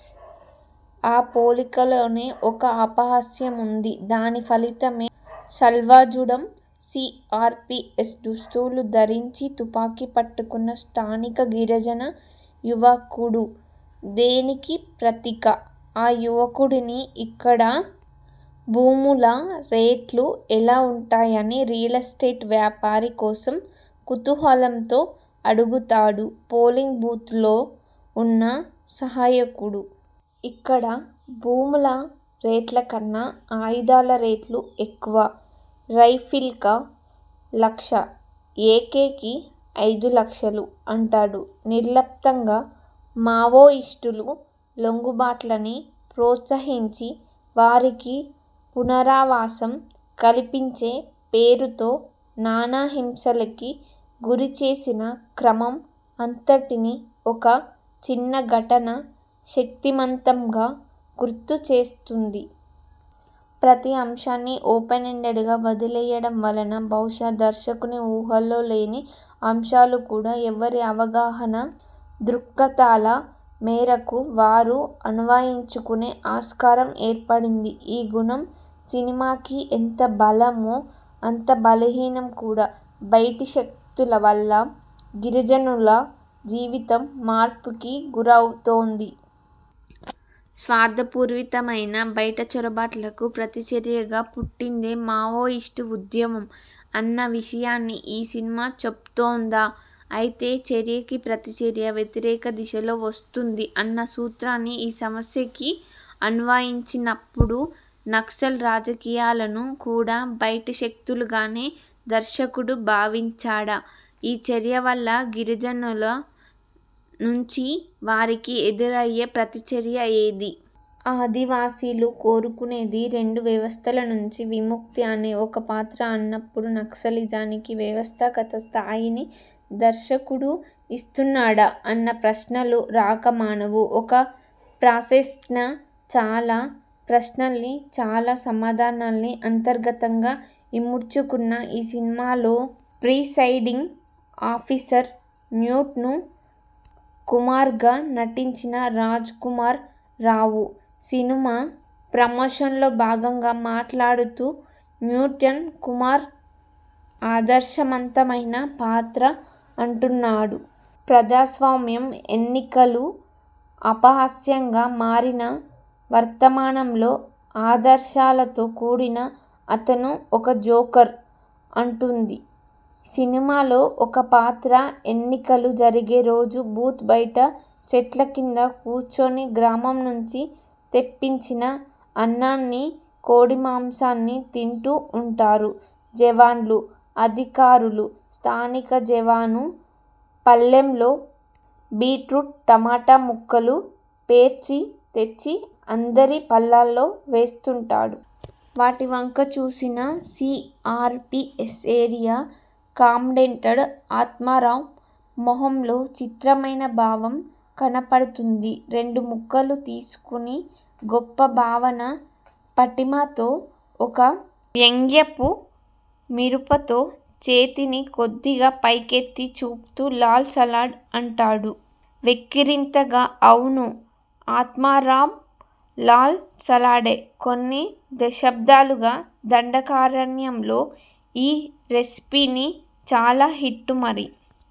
ఆ పోలికలోనే ఒక అపహాస్యం ఉంది. దాని ఫలితమే సల్వాజుడుం. సీఆర్పీఎఫ్ దుస్తులు ధరించి తుపాకీ పట్టుకున్న స్థానిక గిరిజన యువకుడు దేనికి ప్రతీక?! ఆ యువకుడిని 'ఇక్కడ భూముల రేట్లు ఎలా ఉంటాయని' రియల్ ఎస్టేట్ వ్యాపారం కోసం కుతూహలంతో అడుగుతాడు పోలింగ్ బూత్లో ఉన్న సహాయకుడు. 'ఇక్కడ భూముల రేట్ల కన్నా ఆయుధాల రేట్లు ఎక్కువ, రైఫిల్కి లక్ష, ఏకే కి అయిదు లక్షలు' అంటాడు నిర్లిప్తంగా. మావోయిస్టుల లొంగుబాట్లని ప్రోత్సహించి వారికి పునరావాసం కల్పించే పేరుతో నానా హింసలకీ గురిచేసిన క్రమం అంతటినీ ఒక చిన్న ఘటన శక్తిమంతంగా గుర్తు చేస్తుంది. ప్రతి అంశాన్నీ ఓపెన్ ఎండెడ్గా వదిలివేయడం వలన బహుశా దర్శకుని ఊహలో లేని అంశాలు కూడా ఎవరి అవగాహన, దృక్పథాల మేరకు వారు అన్వయించుకునే ఆస్కారం ఏర్పడింది. ఈ గుణం సినిమాకి ఎంత బలమో అంత బలహీనం కూడా. బైటిశక్తుల వల్ల గిరిజనుల జీవితం మార్పుకి గురి అవుతోంది. స్వార్థపూరితమైన బైటి చొరబాట్లకి ప్రతిచర్యగా పుట్టిందే మావోయిస్టు ఉద్యమం అన్న విషయాన్ని ఈ సినిమా చెపుతోందా? అయితే చర్యకి ప్రతిచర్య వ్యతిరేక దిశలో వస్తుంది అన్న సూత్రాన్ని ఈ సమస్యకి అన్వయించినపుడు నక్సల్ రాజకీయాలను కూడా బైటి శక్తులుగానే దర్శకుడు భావించాడా? ఈ చర్య వల్ల గిరిజనుల నుంచి వారికి ఎదురైన ప్రతిచర్య ఏది? ఆదివాసీలు కోరుకునేది 'రెండు వ్యవస్థల నుంచి విముక్తి' అని ఒక పాత్ర అన్నపుడు నక్సలిజానికి వ్యవస్థాగత స్థాయిని దర్శకుడు ఇస్తున్నాడా? అన్న ప్రశ్నలు రాక మానవు. ఒక ప్రాసెస్ని, చాలా ప్రశ్నలని, చాలా సమాధానాల్ని అంతర్గతంగా ఇముడ్చుకున్న ఈ సినిమాలో ప్రిసైడింగ్ ఆఫీసర్ న్యూటన్ కుమార్గా నటించిన రాజ్ కుమార్ రావు సినిమా ప్రమోషన్లో భాగంగా మాట్లాడుతూ 'న్యూటన్ కుమార్ ఆదర్శవంతమైన పాత్ర' అంటున్నాడు. ప్రజా స్వామ్యం, ఎన్నికలు అపహాస్యంగా మారిన వర్తమానంలో ఆదర్శాలతో కూడిన అతను ఒక జోకర్ అంటుంది సినిమాలో ఒక పాత్ర. ఎన్నికలు జరిగే రోజు బూత్ బైట చెట్లకింద కూచుని గ్రామం నుంచి తెప్పించిన అన్నాన్ని, కోడిమాంసాన్ని తింటూ ఉంటారు జవాన్లు, అధికారులు. స్థానిక జవాను పళ్ళెంలో బీట్రూట్, టమాటా ముక్కలు పేర్చి తెచ్చి అందరి పళ్ళాల్లో వేస్తుంటాడు. వాటివంక చూసిన సీఆర్పీఎఫ్ ఏరియా కమాండెంట్ ఆత్మారాం మొహంలో చిత్రమైన భావం కనపడుతుంది. రెండుముక్కలు తీసుకుని గొప్ప భావనా పటిమతో, ఒక వ్యంగ్యపు విరుపుతో చేతినికొద్దిగా పైకెత్తి చూపుతూ 'లాల్ సలాడ్! ' అంటాడు వెక్కిరింతగా. అవును ఆత్మారామ్ లాల్ సలాడే! కొన్ని దశాబ్దాలుగా దండకారణ్యంలో ఈ రెసిపినే చాలా హిట్టు మరి.